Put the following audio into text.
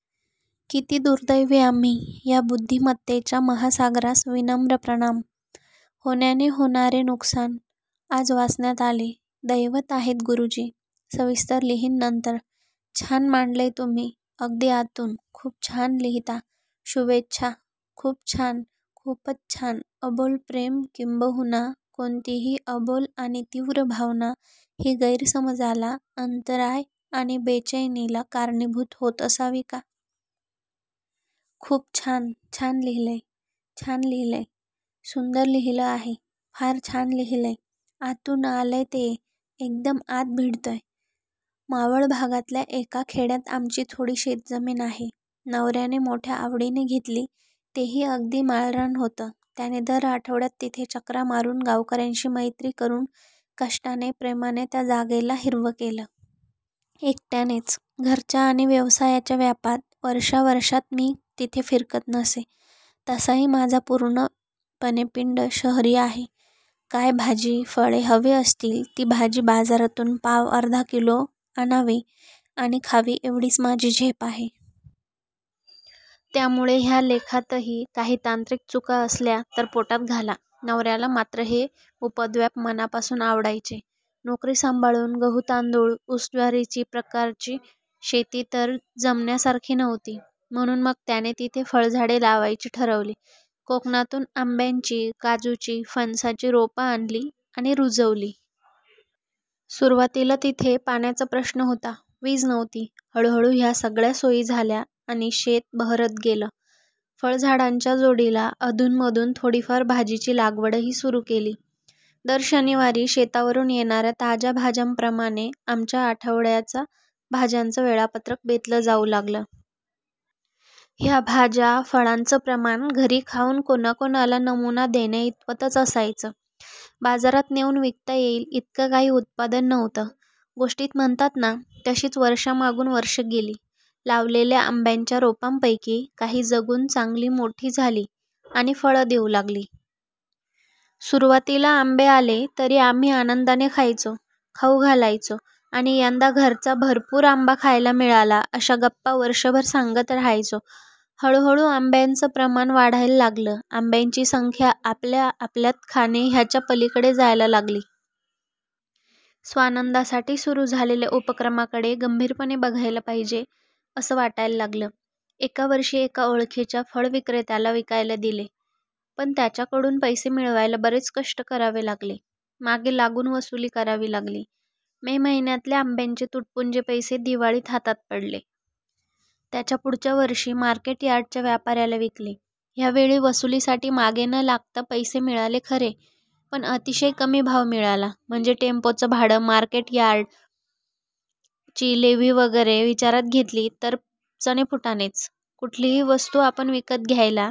किती दुर्दैवी आम्ही? ह्या बुद्धिमत्तेच्या महासागरास विनम्र प्रणाम. होण्याने होणारे नुकसान. आज वाचण्यात आले. दैवत आहेत गुरुजी, सविस्तर लिहीन नन्तर. छान मांडलय तुम्ही. अगदी आतून. खूप छान लिहीताशुभेच्छा! खूप छानखूपच छान. अबोल प्रेम किंबहुना कोणतीही अबोल आणि तीव्र भावना ही गैरसमजाला, अंतराय आणि बेचैनीला कारणीभूत होत असावी का? खूप छानछान लिहिलंयछान लिहिलयं! सुंदर लिहील आहे! फार छान लिहिलंय, आतून आलंय ते, एकदम आत भिडतंय. मावळ भागातल्या एका खेड्यात आमची थोडी शेतजमीन आहे. नवऱ्याने मोठ्या आवडीने घेतली, तेव्हा अगदी माळरान होतं. त्याने दर आठवड्यात तिथे चकरा मारून, गावकऱ्यांशी मैत्री करून, कष्टाने-प्रेमाने त्या जागेला हिरवं केलं. एकट्यानेच. घरच्या आणि व्यवसायाच्या व्यापात वर्षावर्षात मी तिथे फिरकत नसे. तसाही माझा पिंड पूर्णपणे शहरी आहे. काय भाजी- फळे हवी असतील, ती भाजी बाजारातून पाव-अर्धा किलो आणावी आणि खावी एवढीच माझी झेप आहे. त्यामुळे ह्या लेखातही काही तांत्रिक चुका असल्या, तर पोटात घाला. नवऱ्याला मात्र हे उपद्व्याप मनापासून आवडायचे. नोकरी सांभाळून गहू-तांदूळ-ऊस-ज्वारीची प्रकारची शेती तर जमण्यासारखी नव्हती. म्हणून मग त्याने तिथे फळझाडे लावायची ठरवली. कोकणातून आंब्यांची, काजूची, फणसाची रोपं आणली आणि रुजवली. सुरवातीला तिथे पाण्याचा प्रश्न होता, वीज नव्हती. हळूहळू ह्या सगळ्या सोयी झाल्या आणि शेत बहरत गेलं. फळझाडांच्या जोडीला अधूनमधून थोडीफार भाजीची लागवडही सुरू केली. दर शनिवारी शेतावरून येणाऱ्या ताज्या भाज्यांप्रमाणे आमच्या आठवड्याचा भाज्यांचं वेळापत्रक बेतलं जाऊ लागलं. ह्या भाज्या- फळांचं प्रमाण घरी खाऊन कोणाकोणाला नमुना देण्याइतपतच असायचं. बाजारात नेऊन विकता येईल, इतकं काही उत्पादन नव्हतं. गोष्टीत म्हणतात ना, तशीच वर्षामागून वर्ष गेली. लावलेल्या आंब्यांच्या रोपांपैकी काही जगून चांगली मोठी झाली आणि फळं देऊ लागली. सुरवातीला आंबे आले, तरी आम्ही आनंदाने खायचो, खाऊ घालायचो आणि 'यंदा घरचा भरपूर आंबा खायला मिळाला' अशा गप्पा वर्षभर सांगत राहायचो. हळूहळू आंब्यांचं प्रमाण वाढायला लागलं. आंब्यांची संख्या आपल्या आपल्यात खाणे ह्याच्या पलीकडे जायला लागली. स्वानंदासाठी सुरू झालेल्या उपक्रमाकडे गंभीरपणे बघायला पाहिजे, असं वाटायला लागलं. एका वर्षी एका ओळखीच्या फळविक्रेत्याला विकायला दिले. पण त्याच्याकडून पैसे मिळवायला बरेच कष्ट करावे लागले, मागे लागून वसुली करावी लागली. मे महिन्यातल्या आंब्यांचे तुटपुंजे पैसे दिवाळीत हातात पडले. त्याच्या पुढच्या वर्षी मार्केट यार्डच्या व्यापाऱ्याला विकले. ह्या वेळी वसुलीसाठी मागे न लागता पैसे मिळाले खरे. पण अतिशय कमी भाव मिळाला. म्हणजे टेम्पोचं भाडं, मार्केट यार्डची लेव्ही वगैरे विचारात घेतली, तर चणे-फुटाणेच. कुठलीही वस्तू आपण विकत घ्यायला